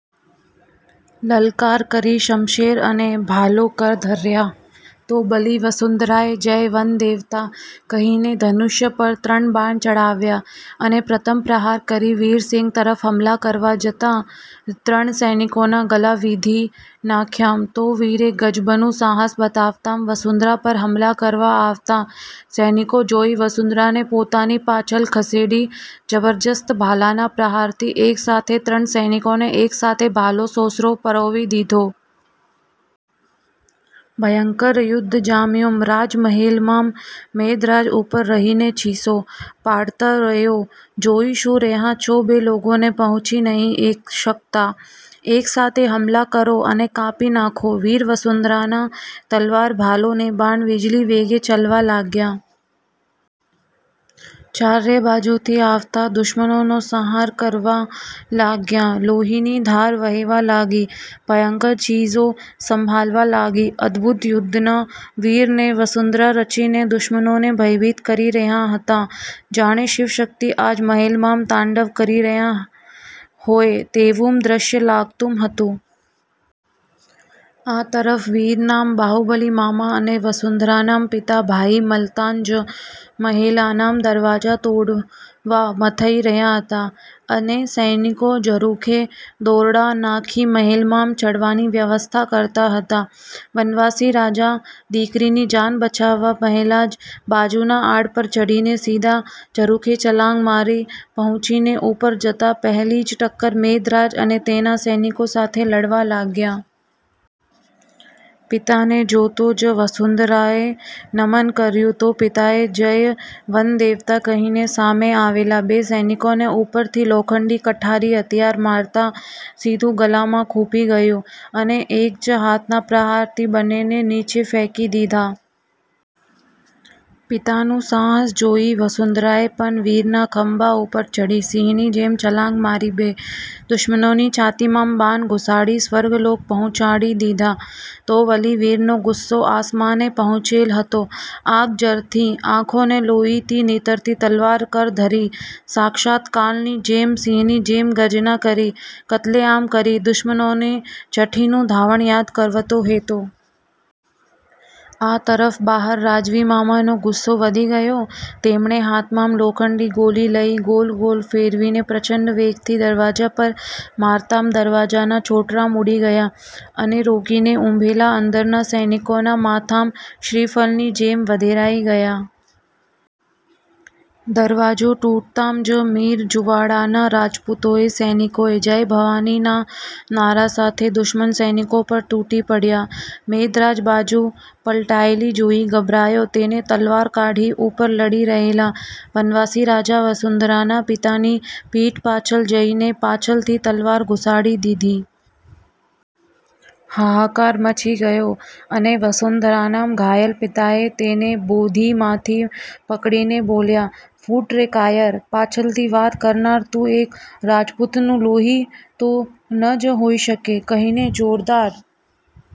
લલકાર કરી શમશેર અને ભાલો કર ધર્યા. તો વળી વસુંધરાએ જય વનદેવતા," કહીને ધનુષ્ય પર ત્રણ બાણ ચડાવ્યા અને પ્રથમ પ્રહાર કરી વીરસિંહ તરફ હુમલો કરવા જતાં ત્રણ સૈનિકોનાં ગળા વીંધી નાખ્યાં. તો વીરે ગજબનું સાહસ બતાવતાં વસુંધરા પર હુમલો કરવા આવતાં સૈનિકો જોઈ વસુંધરાને પોતાની પાછળ ખસેડી જબરજસ્ત ભલાનાં પ્રહારથી એકસાથે ત્રણ સૈનિકોને એકસાથે ભાલો સોંસરો પરોવી દીધો. ભયંકર યુદ્ધ જામ્યું રાજમહેલમાં. મેઘરાજ ઉપર રહીને ચીસો પાડતો રહયો,"જોઈ શું રહ્યાં છો બે લોકોને પહોંચી નથી શકતાં? એકસાથે હુમલો કરો અને કાપી નાખો." વીર, વસુંધરાના તલવાર, ભાલો, ને બાણ વીજળી વેગે ચાલવા લાગ્યાં. ચારેય બાજુથી આવતાં દુશ્મનોનો સંહાર કરવા લાગ્યાં. લોહીની ધાર વહેવા લાગી, ભયંકર ચીસો સાંભળવા લાગી. અદભુત યુદ્ધનાં વીર ને વસુંધરા રચીને દુશ્મનોને ભયભીત કરી રહ્યાં હતાં. જાણે શિવશક્તિ આજ મહેલમાં તાંડવ કરી રહ્યાં હોય તેવુ દ્રશ્ય લાગતું હતું. આ તરફ વીરનાં બાહુબલી મામા અને વસુંધરાનાં પિતા ભાળ મળતાં જ મહેલનો દરવાજો તોડવા મથઈ રહ્યાં હતાં, અને સૈનિકો ઝરૂખે દોરડા નાંખી મહેલમાં ચડવાની વ્યવસ્થા કરતાં હતાં. વનવાસી રાજા દીકરીની જાન બચાવવાં પહેલાં જ બાજુના ઝાડ પર ચડીને સીધાં ઝરુખે છલાંગ મારી, પહોંચીને ઉપર જતાં પહેલી જ ટક્કર મેઘરાજ અને તેનાં સૈનિકો સાથે લડવા લાગ્યાં. પિતાને જોતાં જ વસુંધરાએ નમન કર્યા, તો પિતાએ 'જય વનદેવતા' કહીને સામે આવેલા બે સૈનિકોને ઉપર થી લોખંડી કાતરી હથિયાર મારતાં સીધું ગળામાં ખુંચી ગયું, અને એક જ હાથના પ્રહારથી બંનેને નીચે ફેંકી દીધાં. પિતાનું સાહસ જોઈ વસુંધરાએ પણ વીરના ખંભા ઉપર ચડી સિંહણની જેમ છલાંગ મારી બે દુશ્મનોની છાતીમાં બાણ ઘુસાડી સ્વર્ગલોક પહોંચાડી દીધાં, તો વળી વીરનો ગુસ્સો આસમાને પહોંચેલ હતો, આગ ઝરતી આંખો ને લોહી થી નીતરતી તલવાર કર ધરી સાક્ષાત કાળની જેમ સિંહની જેમ ગર્જના કરી કત્લેઆમ કરી દુશ્મનોને છઠ્ઠીનું ધાવણ યાદ કરાવતો હતો. આ તરફ બહાર રાજવી મામાનો ગુસ્સો વધી ગયો, તેમણે હાથમાં લોખંડી ગોળી લઈ ગોળ-ગોળ ફેરવીને પ્રચંડ વેગથી દરવાજા પર મારતાં દરવાજાના છોતરાં ઊડી ગયાં, અને રોકીને ઉભેલા અંદરના સૈનિકોનાં માથાં શ્રીફળની જેમ વધેરાઈ ગયાં. દરવાજો તૂટતાં જ ઝીંઝુવાડાના રાજપૂતોએ સૈનિકોએ "જય ભવાની" નાં નારાં સાથે દુશ્મન સૈનિકો પર તૂટી પડ્યાં. મેઘરાજ બાજી પલટાયેલી જોઈ ગભરાયો તેને તલવાર કાઢી ઉપર લડી રહેલાં વનવાસી રાજા વસુંધરાનાં પિતાની પીઠ પાછળ જઈને પાછળથી તલવાર ઘુસાડી દીધી. હાહાકાર મચી ગયો, અને વસુંધરાનાં ઘાયલ પિતાએ તેને બોચીમાંથી પકડીને બોલ્યાં,"ફટ રે કાયર, પાછળથી વાર કરનાર તું એક રાજપુતનું લોહી તો ન જ હોઈ શકે," કહીને જોરદાર